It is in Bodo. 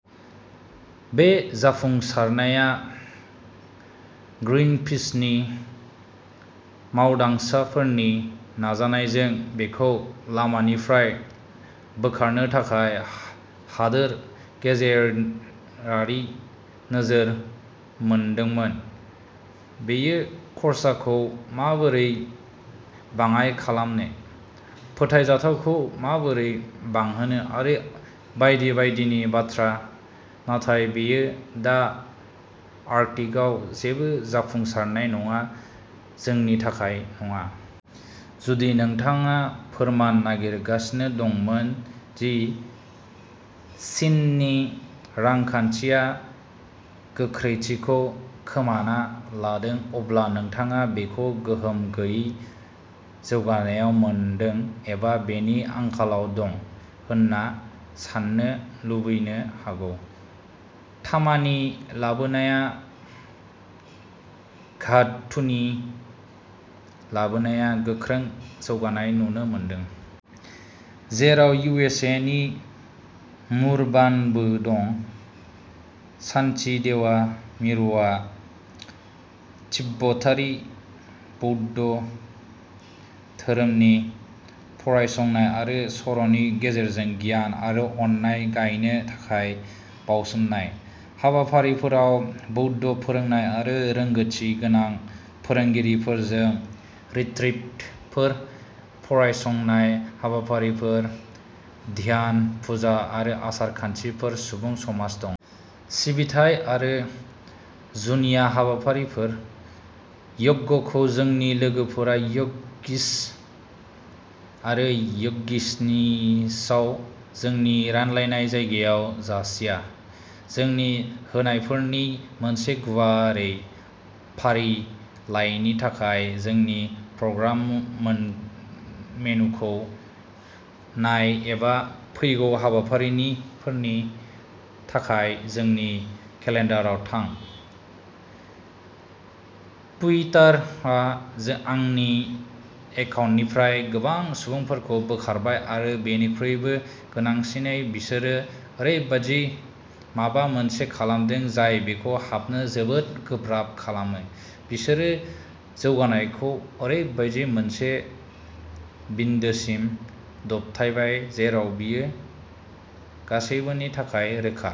बे जाफुंसारनाया ग्रीनपिसनि मावदांसाफोरनि नाजानायजों बेखौ लामानिफ्राय बोखारनो थाखाय हादोर गेजेरारि नोजोर मोनदोंमोन। "बेयो खरसाखौ माबोरै बाङाय खालामनो, फोथायजाथावखौ माबोरै बांहोनो आरो बायदि बायदिनि बाथ्रा, नाथाय बेयो दा आर्कटिकआव जेबो जाफुंसारनाय नङा जोंनि थाखाय नङा। जुदि नोंथाङा फोरमान नागिरगासिनो दंमोन दि चीननि रांखान्थिया गोख्रैथिखौ खोमाना लादों अब्ला नोंथाङा बेखौ गोहोम गैयै जौगानायाव मोनदों एबा बेनि आंखालाव दं होनना साननो लुबैनो हागौ। तामानि लाबोनाया धातुनि लाबोनाया गोख्रों जौगानाय नुनो मोनदों। जेराव इउएइनि मुर्बानबो दं। शान्तिदेवा मिरुआ तिब्बतारि बौद्ध धोरोमनि फरायसंनाय आरो सर'नि गेजेरजों गियान आरो अननाय गायनो थाखाय बावसोमनाय। हाबाफारिफोराव बौद्ध फोरोंनाय आरो रोंग'थिगोनां फोरोंगिरिफोरजों रिट्रिटफोर, फरायसंनाय हाबाफारिफोर, ध्यान, पुजा आरो आसार-खान्थिफोर, सुबुं समाज दं। सिबिथाइ आरो जुनिया हाबाफारिफोर। य'गखौ जोंनि लोगोफोरा य'गिस आरो य'गिनिसआव जोंनि रानलायनाय जायगायाव जासिया। जोंनि होनायफोरनि मोनसे गुवारै फारिलाइनि थाखाय जोंनि प्रग्राम मोन मेनुखौ नाय एबा फैगौ हाबाफारिफोरनि थाखाय जोंनि केलेन्डाराव थां। टुइटारआ आंनि एकाउन्टनिफ्राय गोबां सुबुंफोरखौ बोखारबाय आरो बेनिख्रुइबो गोनांसिनै बिसोरो ओरैबायदि माबा मोनसे खालामदों जाय बेखौ हाबनो जोबोद गोब्राब खालामो बिसोरो जौगानायखौ ओरैबायदि मोनसे बिन्दोसिम दबथायबाय जेराव बेयो गासैबोनि थाखाय रोखा।